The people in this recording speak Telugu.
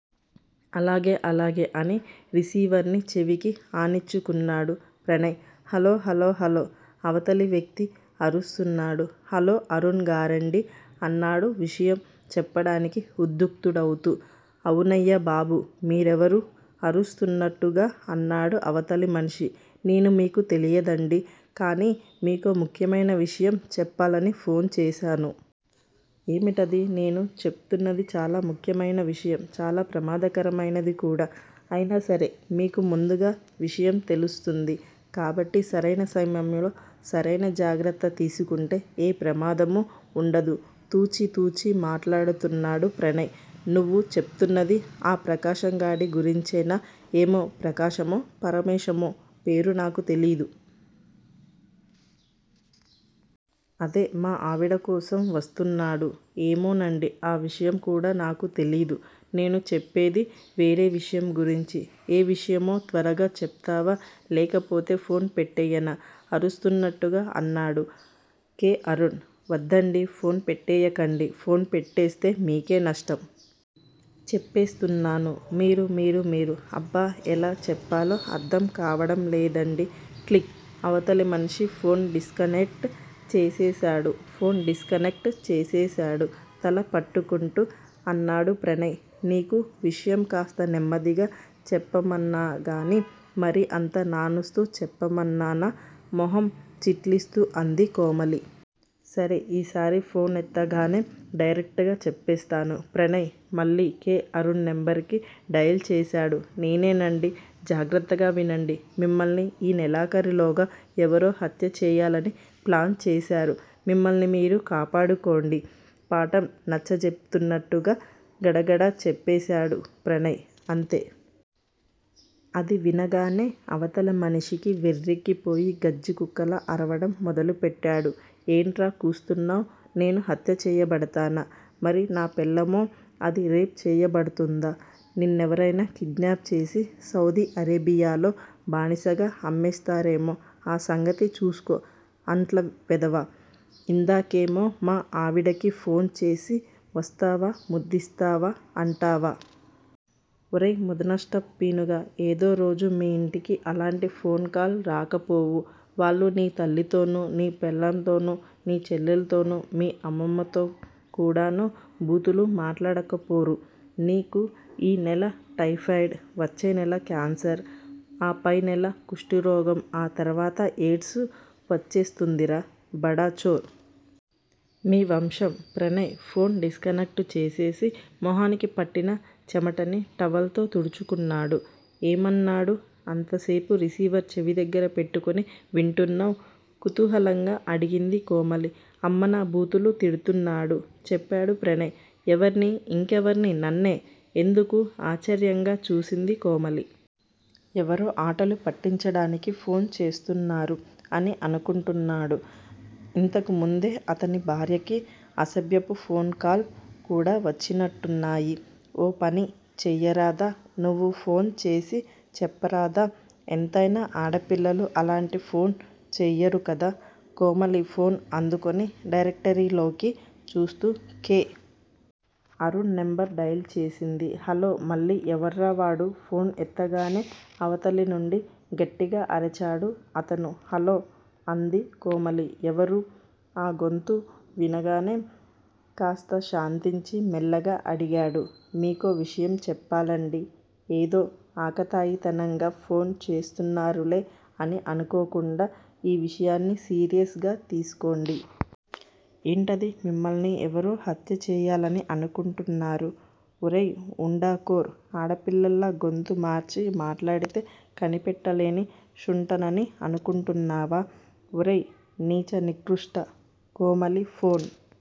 అలాగే అలాగే అని రిసీవర్ ని చెవికి ఆనించుకున్నాడు ప్రణయ్. హలో హలో హలో అవతలి వ్యక్తి అరుస్తున్నాడు. హలో అరుణ్ గారాండీ అన్నాడు విషయం చెప్పడానికి ఉద్యుక్తుడవుతూ. అవునయ్యా బాబూ! మీరెవరు? అరుస్తున్నట్టుగా అన్నాడు అవతలి మనిషి. నేను మీకు తెలీయదండీ! కానీ మీకో ముఖ్యమైన విషయం చెప్పాలని ఫోన్ చేశాను. ఏమిటది? నేను చెప్తున్నది చాలా ముఖ్యమైన విషయం! చాలా ప్రమాదకరమైంది కూడా. అయినాసరే మీకు ముందుగా విషయం తెలుస్తుంది కాబట్టి సరైన సమయంలో సరైన జాగ్రత్త తీసుకుంటే ఏ ప్రమాదమూ వుండదు తూచి తూచి మాట్లాడుతున్నాడు ప్రణయ్. నువ్వు చెప్తున్నది ఆ ప్రకాశంగాడి గురించేనా? ఏమో ప్రకాశమో, పరమేశమో పేరు నాకు తెలీయదు. అదే! మా ఆవిడకోసం వస్తున్నాడు? ఏమోనండీ! ఆ విషయం కూడా నాకు తెలీయదు. నేను చెప్పేది వేరే విషయం గురించి. ఏ విషయమో త్వరగా చెప్తావా, లేకపోతే ఫోన్ పెట్టెయ్యనా? అరుస్తున్నట్టుగా అన్నాడు కె. అరుణ్. వద్దండి! ఫోన్ పెట్టెయ్యకండి. ఫోన్ పెట్టేస్తే మీకే నష్టం. చెప్పేస్తున్నాను మీరు మీరు మీరు అబ్బ ఎలా చెప్పాలో అర్ధం కావడంలేదండీ. క్లిక్ అవతలి మనిషి ఫోన్ డిస్కనెక్ట్ చేసేశాడు ఫోన్ డిస్కనెక్ట్ చేసేశాడు తల పట్టుకుంటూ అన్నాడు ప్రణయ్. నీకు విషయం కాస్త నెమ్మదిగా చెప్పమన్నాగానీ మరీ అంత నానుస్తూ చెప్పమన్నానా? మొహం చిట్లిస్తూ అంది కోమలి. సరే! ఈసారి ఫోన్ ఎత్తగానే డైరెక్ట్ గా చెప్పేస్తాను. ప్రణయ్ మళ్ళీ కె. అరుణ్ నెంబరు డయల్ చేశాడు. నేనేనండీ! జాగ్రత్తగా వినండి. మిమ్మల్ని ఈ నెలాఖరులోగా ఎవరో హత్యచేయాలని ప్లాన్ చేశారు. మిమ్మల్ని మీరు కాపాడుకోండి! పాఠం నచ్చజెప్తున్నట్టు గడగడా చెప్పేశాడు ప్రణయ్. అంతే! అది వినగానే అవతల మనిషికి వెర్రెక్కిపోయి గజ్జికుక్కలా అరవడం మొదలుపెట్టాడు. ఏంట్రా కూస్తున్నావ్? నేను హత్యచెయ్యబడతానా? మరి నా పెళ్ళామో! అది రేప్ చెయ్యబడ్తుందా? నిన్నెవరైనా కిడ్నాప్ చేసేసి సౌదీ అరేబియాలో బానిసగా అమ్మేస్తారేమో ఆ సంగతి చూస్కో. అంట్ల వెధవా! ఇందాకేమో మా ఆవిడకి ఫోన్ చేసి వస్తావా ముద్దిస్తావా అంటావా? ఒరేయ్ ముదనష్టం పీనుగా! ఏదో రోజు మీ ఇంటికీ అలాంటి ఫోన్ కాల్ రాకపోవు. వాళ్ళు నీ తల్లితోనూ, నీ పెళ్ళాంతోనూ, నీ చెల్లెలితోనూ, మీ అమ్మమ్మతో కూడానూ బూతులు మాట్లాడకపోరు. నీకు ఈ నెల టైఫాయిడ్, వచ్చేనెల కాన్సర్, ఆపై నెల కుష్టురోగం ఆ తర్వాత ఎయిడ్స్ వచ్చేస్తుందిరా బడా చోర్. మీ వంశం ప్రణయ్ ఫోన్ డిస్కనెక్ట్ చేసేసి మొహానికి పట్టిన చెమటని టవల్ తో తుడుచుకున్నాడు. ఏమన్నాడు అంతసేపు రిసీవర్ చెవిదగ్గర పెట్టుకుని వింటున్నావ్? కుతూహలంగా అడిగింది కోమలి. అమ్మనా బూతులు తిడ్తున్నాడు చెప్పాడు ప్రణయ్. ఎవర్ని? ఇంకెవర్ని నన్నే. ఎందుకూ? ఆశ్చర్యంగా చూసింది కోమలి. ఎవరో ఆటలు పట్టించడానికి ఫోన్ చేస్తున్నారు అని అనుకుంటున్నాడు. ఇంతకుముందే అతని భార్యకి అసభ్యపు ఫోన్ కాల్స్ కూడా వచ్చినట్టున్నాయి. ఓ పని చెయ్యరాదా? నువ్వు ఫోన్ చేసి చెప్పరాదా? ఎంతైనా ఆడపిల్లలు అలాంటి ఫోన్స్ చెయ్యరుకదా? కోమలి ఫోన్ అందుకుని డైరెక్టరీలోకి చూస్తూ కె. అరుణ్ నెంబర్ డయల్ చేసింది. హలో! మళ్ళీ ఎవడ్రావాడూ? ఫోన్ ఎత్తగానే అవతలినుండి గట్టిగా అరిచాడు అతను. హలో! అంది కోమలి. ఎవరూ? ఆగొంతు వినగానే కాస్త శాంతించి మెల్లగా అడిగాడు. మీకో విషయం చెప్పాలండీ! ఏదో ఆకతాయితనంగా ఫోన్ చేస్తున్నారులే అని అనుకోకుండా ఈ విషయాన్ని సీరియస్ గా తీస్కోండి. ఏంటది? మిమ్మల్ని ఎవరో హత్యచెయ్యాలని అనుకుంటున్నారు. ఒరేయ్ వుండాకోర్! ఆడపిల్లలా గొంతు మార్చి మాట్లాడితే కనిపెట్టలేని శుంఠనని అనుకుంటున్నావా? ఒరే నీచ నికృష్ట కోమలి ఫోన్